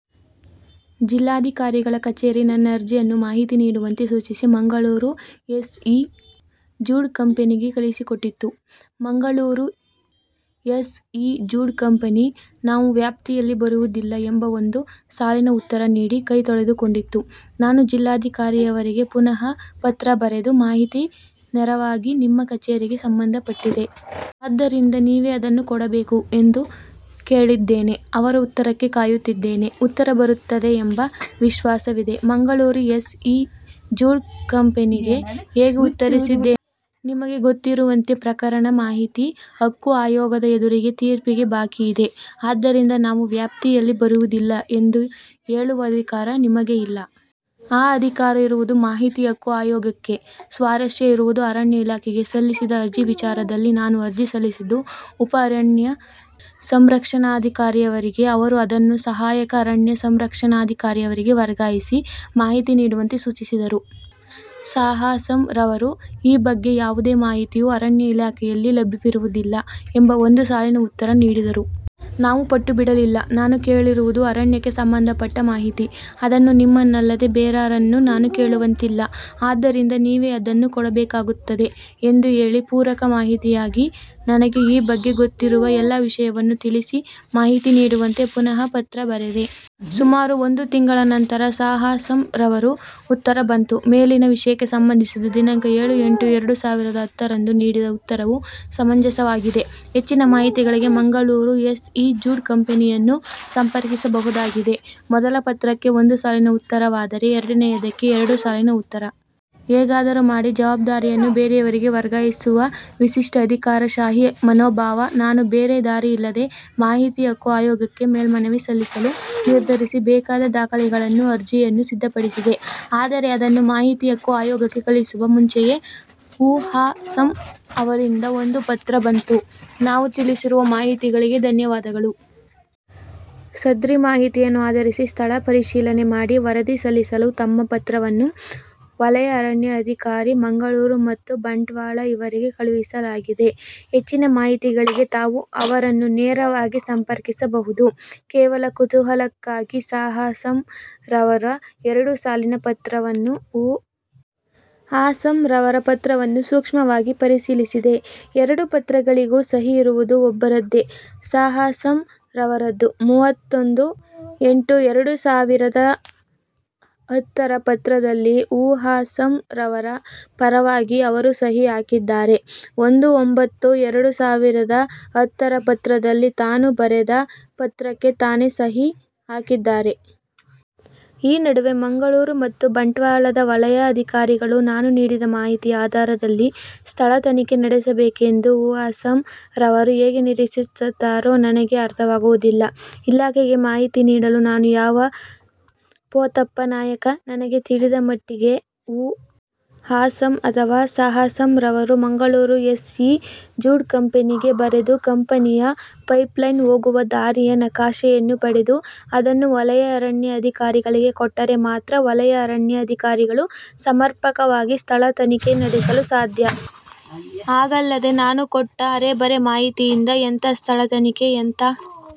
ಜಿಲ್ಲಾಧಿಕಾರಿಗಳ ಕಛೇರಿ ನನ್ನ ಅರ್ಜಿಯನ್ನು-ಮಾಹಿತಿ ನೀಡುವಂತೆ ಸೂಚಿಸಿ-ಮಂಗಳೂರು ಎಸ್ ಇ ಝಡ್ ಕಂಪೆನಿಗೆ ಕಳಿಸಿಕೊಟ್ಟಿತು. Mangaluru S E Z company "ನಾವು ವ್ಯಾಪ್ತಿಯಲ್ಲಿ ಬರುವುದಿಲ್ಲ" ಎಂಬ ಒಂದು ಸಾಲಿನ ಉತ್ತರ ನೀಡಿ ಕೈ ತೊಳೆದುಕೊಂಡಿತು. ನಾನು ಜಿಲ್ಲಾಧಿಕಾರಿಯವರಿಗೆ ಪುನಃ ಪತ್ರ ಬರೆದು "ಮಾಹಿತಿ ನೇರವಾಗಿ ನಿಮ್ಮ ಕಛೇರಿಗೆ ಸಂಬಂಧಪಟ್ಟಿದೆ. ಆದ್ದರಿಂದ ನೀವೇ ಅದನ್ನು ಕೊಡಬೇಕು" ಎಂದು ಕೇಳಿದ್ದೇನೆ. ಅವರ ಉತ್ತರಕ್ಕೆ ಕಾಯುತ್ತಿದ್ದೇನೆ. ಉತ್ತರ ಬರುತ್ತದೆ ಎಂಬ ವಿಶ್ವಾಸವಿದೆ. ಮಂಗಳೂರು ಎಸ್ ಇ ಝಡ್ ಕಂಪೆನಿಗೆ ಹೀಗೆ ಉತ್ತರಿಸಿದ್ದೇನೆ: "ನಿಮಗೆ ಗೊತ್ತಿರುವಂತೆ ಪ್ರಕರಣ ಮಾಹಿತಿ ಹಕ್ಕು ಆಯೋಗದ ಎದುರಿಗೆ ತೀರ್ಪಿಗೆ ಬಾಕಿ ಇದೆ. ಆದ್ದರಿಂದ "ನಾವು ವ್ಯಾಪ್ತಿಯಲ್ಲಿ ಬರುವುದಿಲ್ಲ" ಎಂದು ಹೇಳುವ ಅಧಿಕಾರ ನಿಮಗೆ ಇಲ್ಲ. ಆ ಅಧಿಕಾರ ಇರುವುದು ಮಾಹಿತಿ ಹಕ್ಕು ಆಯೋಗಕ್ಕೆ" ಸ್ವಾರಸ್ಯ ಇರುವುದು ಅರಣ್ಯ ಇಲಾಖೆಗೆ ಸಲ್ಲಿಸಿದ ಅರ್ಜಿ ವಿಚಾರದಲ್ಲಿ. ನಾನು ಅರ್ಜಿ ಸಲ್ಲಿಸಿದ್ದು ಉಪ ಅರಣ್ಯ ಸಂರಕ್ಷಣಾಧಿಕಾರಿಯವರಿಗೆ. ಅವರು ಅದನ್ನು ಸಹಾಯಕ ಅರಣ್ಯ ಸಂರಕ್ಷಣಾಧಿಕಾರಿಯವರಿಗೆ ವರ್ಗಾಯಿಸಿ, ಮಾಹಿತಿ ನೀಡುವಂತೆ ಸೂಚಿಸಿದರು. ಸ. ಅ. ಸಂ. ರವರು "ಈ ಬಗ್ಗೆ ಯಾವುದೇ ಮಾಹಿತಿಯು ಅರಣ್ಯ ಇಲಾಖೆಯಲ್ಲಿ ಲಭ್ಯವಿರುವುದಿಲ್ಲ" ಎಂಬ ಒಂದು ಸಾಲಿನ ಉತ್ತರ ನೀಡಿದರು. ನಾನು ಪಟ್ಟು ಬಿಡಲಿಲ್ಲ. "ನಾನು ಕೇಳಿರುವುದು ಅರಣ್ಯಕ್ಕೆ ಸಂಬಂಧಪಟ್ಟ ಮಾಹಿತಿ. ಅದನ್ನು ನಿಮ್ಮನ್ನಲ್ಲದೆ ಬೇರಾರನ್ನೂ ನಾನು ಕೇಳುವಂತಿಲ್ಲ. ಆದ್ದರಿಂದ ನೀವೇ ಅದನ್ನು ಕೊಡಬೇಕಾಗುತ್ತದೆ" ಎಂದು ಹೇಳಿ ಪೂರಕ ಮಾಹಿತಿಯಾಗಿ, ನನಗೆ ಈ ಬಗ್ಗೆ ಗೊತ್ತಿರುವ ಎಲ್ಲ ವಿಷಯವನ್ನೂ ತಿಳಿಸಿ, ಮಾಹಿತಿ ನೀಡುವಂತೆ ಪುನಃ ಪತ್ರ ಬರೆದೆ. ಸುಮಾರು ಒಂದು ತಿಂಗಳ ನಂತರ ಸ. ಅ. ಸಂ. ರವರ ಉತ್ತರ ಬಂತು: "ಮೇಲಿನ ವಿಷಯಕ್ಕೆ ಸಂಬಂಧಿಸಿ ದಿನಾಂಕ ಎಳು -ಎಂಟು-ಎರಡು ಸಾವಿರದ ಹತ್ತರಂದು ನೀಡಿದ ಉತ್ತರವು ಸಮಂಜಸವಾಗಿದೆ. ಹೆಚ್ಚಿನ ಮಾಹಿತಿಗಳಿಗೆ ಮಂಗಳೂರು ಎಸ್ ಇ ಝಡ್ ಕಂಪೆನಿಯನ್ನು ಸಂಪರ್ಕಿಸಬಹುದಾಗಿದೆ". ಮೊದಲ ಪತ್ರಕ್ಕೆ ಒಂದು ಸಾಲಿನ ಉತ್ತರವಾದರೆ, ಎರಡನೆಯದಕ್ಕೆ ಎರಡು ಸಾಲಿನ ಉತ್ತರ! ಹೇಗಾದರೂ ಮಾಡಿ ಜವಾಬ್ದಾರಿಯನ್ನು ಬೇರೆಯವರಿಗೆ ವರ್ಗಾಯಿಸುವ ವಿಶಿಷ್ಟ ಅಧಿಕಾರಶಾಹಿ ಮನೋಭಾವ. ನಾನು ಬೇರೆ ದಾರಿ ಇಲ್ಲದೆ, ಮಾಹಿತಿ ಹಕ್ಕು ಆಯೋಗಕ್ಕೆ ಮೇಲ್ಮನವಿ ಸಲ್ಲಿಸಲು ನಿರ್ಧರಿಸಿ ಬೇಕಾದ ದಾಖಲೆಗಳನ್ನೂ, ಅರ್ಜಿಯನ್ನೂ ಸಿದ್ದಪಡಿಸಿದೆ. ಆದರೆ ಅದನ್ನು ಮಾಹಿತಿ ಹಕ್ಕು ಆಯೋಗಕ್ಕೆ ಕಳಿಸುವ ಮುಂಚೆಯೇ ಉ. ಅ. ಸಂ. ರವರಿಂದ ಒಂದು ಪತ್ರ ಬಂತು: "ತಾವು ತಿಳಿಸಿರುವ ಮಾಹಿತಿಗಳಿಗೆ ಧನ್ಯವಾದಗಳು. ಸದ್ರಿ ಮಾಹಿತಿಯನ್ನು ಆಧರಿಸಿ ಸ್ಥಳ ಪರಿಶೀಲನೆ ಮಾಡಿ ವರದಿ ಸಲ್ಲಿಸಲು ತಮ್ಮ ಪತ್ರವನ್ನು ವಲಯ ಅರಣ್ಯ ಅಧಿಕಾರಿ, ಮಂಗಳೂರು ಮತ್ತು ಬಂಟ್ವಾಳ ಇವರಿಗೆ ಕಳುಹಿಸಲಾಗಿದೆ. ಹೆಚ್ಚಿನ ಮಾಹಿತಿಗಳಿಗೆ ತಾವು ಅವರನ್ನು ನೇರವಾಗಿ ಸಂಪರ್ಕಿಸಬಹುದು". ಕೇವಲ ಕುತೂಹಲಕ್ಕಾಗಿ ಸ. ಅ. ಸಂ. ರವರ ಎರಡು ಸಾಲಿನ ಪತ್ರವನ್ನೂ, ಉ. ಅ. ಸಂ. ರವರ ಪತ್ರವನ್ನೂ ಸೂಕ್ಷ್ಮವಾಗಿ ಪರಿಶೀಲಿಸಿದೆ. ಎರಡು ಪತ್ರಗಳಿಗೂ ಸಹಿ ಇರುವುದು ಒಬ್ಬರದ್ದೇ: ಸ. ಅ. ಸಂ. ರವರದ್ದು. ಮೂವತ್ತೊಂದು -ಎಂಟು -ಎರಡು ಸಾವಿರದ ಹತ್ತರ ಪತ್ರದಲ್ಲಿ ಉ. ಅ. ಸಂ. ರವರ ಪರವಾಗಿ ಅವರು ಸಹಿ ಹಾಕಿದ್ದರೆ, ಒಂದು -ಒಂಭತ್ತು-ಎರಡು ಸಾವಿರದ ಹತ್ತರ ಪತ್ರದಲ್ಲಿ ತಾನು ಬರೆದ ಪತ್ರಕ್ಕೆ ತಾನೇ ಸಹಿ ಹಾಕಿದ್ದಾರೆ. ಈ ನಡುವೆ ಮಂಗಳೂರು ಮತ್ತು ಬಂಟ್ವಾಳದ ವಲಯ ಅಧಿಕಾರಿಗಳು ನಾನು ನೀಡಿದ ಮಾಹಿತಿಯ ಆಧಾರದಲ್ಲಿ ಸ್ಥಳ ತನಿಖೆ ನಡೆಸಬೇಕೆಂದು ಉ. ಅ. ಸಂ. ರವರು ಹೇಗೆ ನಿರೀಕ್ಷಿಸುತ್ತಾರೋ ನನಗೆ ಅರ್ಥವಾಗುವುದಿಲ್ಲ. ಇಲಾಖೆಗೆ ಮಾಹಿತಿ ನೀಡಲು ನಾನು ಯಾವ ಪೋತಪ್ಪ ನಾಯಕ? ನನಗೆ ತಿಳಿದ ಮಟ್ಟಿಗೆ ಉ. ಅ. ಸಂ. ಅಥವಾ ಸ. ಅ. ಸಂ. ರವರು ಮಂಗಳೂರು ಎಸ್ ಇ ಝಡ್ ಕಂಪೆನಿಗೆ ಬರೆದು, ಕಂಪೆನಿಯ ಪೈಪ್ ಲೈನ್ ಹೋಗುವ ದಾರಿಯ ನಕಾಶೆಯನ್ನು ಪಡೆದು, ಅದನ್ನು ವಲಯ ಅರಣ್ಯ ಅಧಿಕಾರಿಗಳಿಗೆ ಕೊಟ್ಟರೆ ಮಾತ್ರ ವಲಯ ಅರಣ್ಯ ಅಧಿಕಾರಿಗಳು ಸಮರ್ಪಕವಾಗಿ ಸ್ಥಳ ತನಿಖೆ ನಡೆಸಲು ಸಾಧ್ಯ. ಹಾಗಲ್ಲದೆ ನಾನು ಕೊಟ್ಟ ಅರೆಬರೆ ಮಾಹಿತಿಯಿಂದ ಎಂಥ ಸ್ಥಳ ತನಿಖೆ? ಎಂಥ